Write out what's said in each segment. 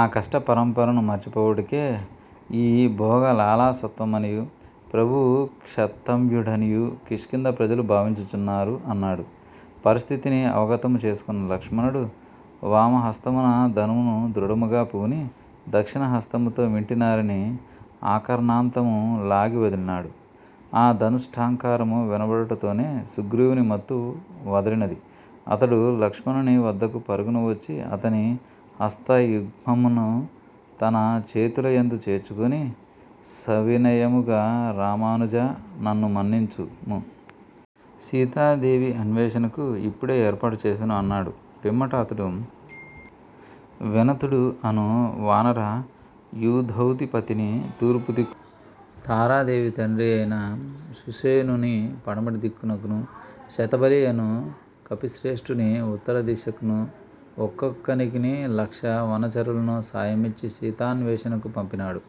ఆ కష్టపరంపరను మరచిపోవుటకే ఈ భోగ లాలసత్వమనియూ, ప్రభువు క్షంతవ్యుడనియూ కిష్కింధ ప్రజలు భావించుచున్నారు అన్నాడు. పరిస్థితిని అవగతము చేసికొన్న లక్ష్మణుడు వామహస్తమున ధనువును దృఢముగ పూని దక్షిణహస్తముతో వింటినారిని ఆకర్నాంతము లాగి వదలినాడు. ఆ ధనుష్టంకారము వినబడుటతోనే సుగ్రీవుని మత్తు వదలినది. అతడు లక్ష్మణుని వద్దకు పరుగున వచ్చి అతని హస్తయుగ్మమును తన చేతులయందు చేర్చుకొని సవినయముగ రామానుజా, నన్ను మన్నించుము. సీతాదేవి అన్వేషణకు ఇప్పుడే ఏర్పాటు చేసెదను అన్నాడు పిమ్మట అతడు వినతుడు అను వానర యూథౌధిపతిని తూర్పుదిక్కు నకునూ తారాదేవి తండ్రియైన సుషేణు ని పడమటి దిక్కునకును 'శతబలి' యను కపిశ్రేష్ఠుని ఉత్తరదిశకును ఒక్కొక్కనికినీ లక్ష వనచరులను సాయమిచ్చి సీతాన్వేషణకు పంపినాడు.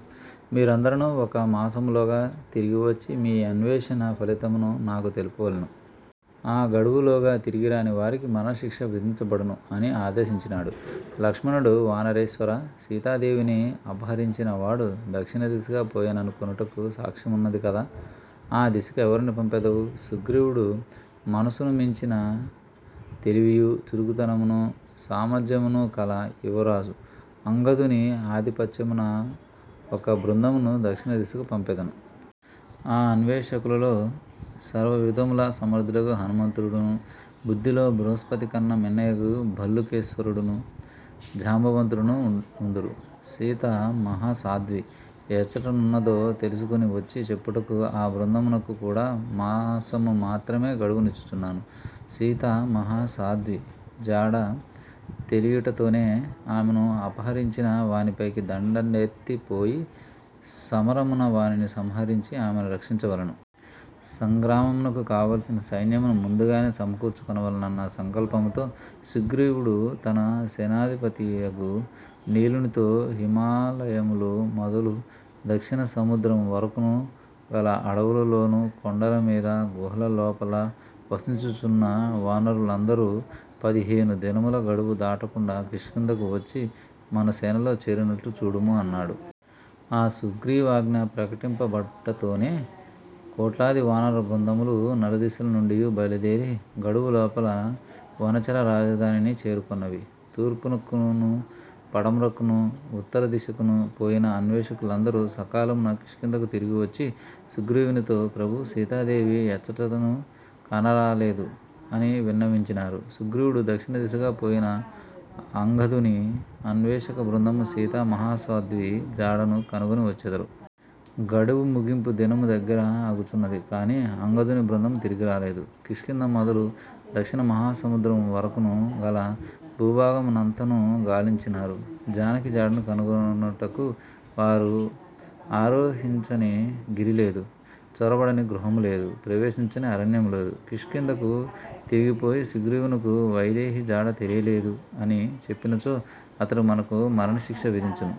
మీరందరునూ ఒక మాసములోగా తిరిగి వచ్చి మీ అన్వేషణ ఫలితముణు నాకు తెలుపవలెను. ఆ గడువులోగా తిరిగిరాని వారికి మరణశిక్ష విధించబడును అని ఆదేశించినాడు. లక్ష్మణుడు వానరేశ్వరా సీతాదేవిని అపహరించినవాడు దక్షిణదిశగా పోయెనను కొనుటకు సాక్ష్యమున్నది కదా. ఆ దిశకెవ్వరిని పంపెదవు? సుగ్రీవుడు మనసును మించిన తెలివియూ చురుకుతనమునూ, సామర్ధ్యమునూ కల యువరాజు అంగదుని ఆధిపత్యమున ఒక బృందమును దక్షిణదిశకు పంపెదను. ఆ అన్వేషకులలో సర్వవిధముల సమర్ధుడగు హనుమంతుడునూ బుద్దిలో బృహస్పతి కన్న మిన్నయగు భల్లుకేశ్వరుడు జాంబవంతుడునూ ఉందురు. సీతా మహాసాధ్వి ఎచ్చటనున్నదో తెలిసికొని వచ్చి చెప్పుటకు ఆ బృందమునకు కూడ మాసము మాత్రమే గడువు నిచ్చుచున్నాను. సీతా మాహాసాద్వి జాడ తెలియుటతోనే ఆమెను అపహరించిన వానిపైకి దండెన ఎత్తి పోయి సమరమున వానిని సంహరించి ఆమెను రక్షించవలెను. సంగ్రామమునకు కావలసిన సైన్యమును ముందుగనె సమకూర్చుకొనవలెనన్న సంకల్పముతో సుగ్రీవుడు తన సేనాధిపతియగు నీలునితో హిమాలయములు మొదలు దక్షిణ సముద్రము వరకును గల అడవులలోనూ కొండల మీదా గుహల లోపలా వసించుచున్న వానరులందరూ పదిహేను దినముల గడువు దాటకుండ కిష్కింధకు వచ్చి మన సేనలో చేరునట్లు చూడుము అన్నాడు. ఆ సుగ్రీవాజ్ఞ ప్రకటింపబడుటతోనే కోట్లాది వానర బృందములు నలుదెసల నుండియు బయలుదేరి గడువు లోపల వనచర రాజధానిని చేరుకొన్నవి. తూర్పుకును పడమరకును ఉత్తరదిశకును పోయిన అన్వేషకులందరు సకాలమున కిష్కింధకు తిరిగివచ్చి సుగ్రీవునితో ప్రభూ సీతాదేవి యెచ్చటను కానరాలేదు అని విన్నవించినారు. సుగ్రీవుడు దక్షిణదిశగా పోయిన అంగదుని అన్వేషక బృందము సీతా మహాసాధ్వి జాడను కనుగొని వచ్చెదరు. గడువు ముగింపు దినము దగ్గర అగుచున్నది కాని అంగదుని బృందము తిరిగి రాలేదు. కిష్కింధ మొదలు దక్షిణ మహాసముద్రము వరకును గల భూ భాగమునంతనూ గాలించినారు. జానకి జాడను కనుగొనుటకు వారు ఆరోహించని గిరి లేదు. చొరబడని గృహము లేదు; ప్రవేశించని అరణ్యము లేదు కిష్కింధకు తిరిగిపోయి సుగ్రీవునకు 'వైదేహి జాడ తెలియలేదు' అని చెప్పినచో అతడు మనకు మరణశిక్ష విధించును.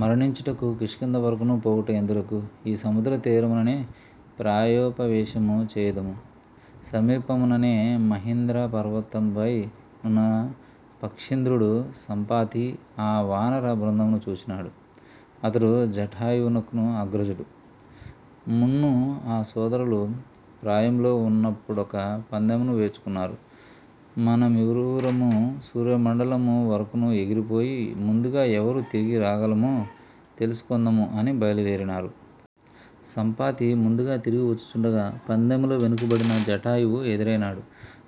మరణించుటకు కిష్కింధ వరకును పోవుట ఎందులకు? ఈ సముద్ర తీరముననె ప్రాయోపవేశము చేయుదము. సమీపముననె మహేంద్రా పర్వతముపై నున్న పక్షీంద్రుడు 'సంపాతి' ఆ వానర బృందమును చూచినాడు. అతడు జటాయువునకు అగ్రజుడు. మున్ను ఆ సోదరులు ప్రాయములో ఉన్నప్పుడొక పందెమును వేచుకొన్నారు. మనమిరువురము సూర్యమండలము వరకును ఎగిరిపోయి ముందుగా ఎవరు తిరిగి రాగలమో తెలిసికొందము అని బయలుదేరినారు. సంపాతి ముందుగా తిరిగివచ్చుచుండగా పందెములో వెనుకబడిన జటాయువు ఎదురైనాడు.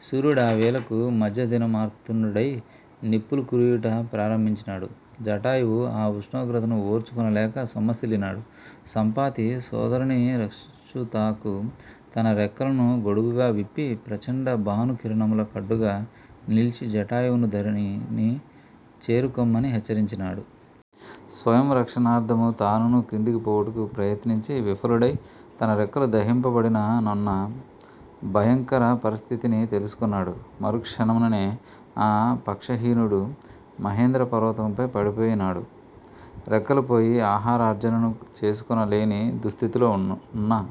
సూర్యుడావేళకు మధ్య దిన మార్తాండుడై నిప్పులు కురియుట ప్రారంభించినాడు. జటాయువు ఆ ఉష్ణోగ్రతను ఓర్చుకొనలేక సొమ్మసిల్లినాడు. సంపాతి సోదరుని రక్షించుతాకు తన రెక్కలను గొడుగుగా విప్పి ప్రచండ భానుకిరణముల కడ్డుగా నిలిచి జటాయువును ధరణిని చేరుకొమ్మని హెచ్చరించినాడు. స్వయం రక్షణార్ధము తానునూ కిందికి పోవుటకు ప్రయత్నించి విఫలుడై తన రెక్కలు దహింపబడిన వన్న భయంకర పరిస్థితిని తెలిసికొన్నాడు. మరుక్షణముననే ఆ పక్షహీనుడు మహేంద్ర పర్వతముపై పడిపోయినాడు. రెక్కలు పోయి ఆహారార్జనను చేసికొనలేని దుస్థితిలో ఉన్న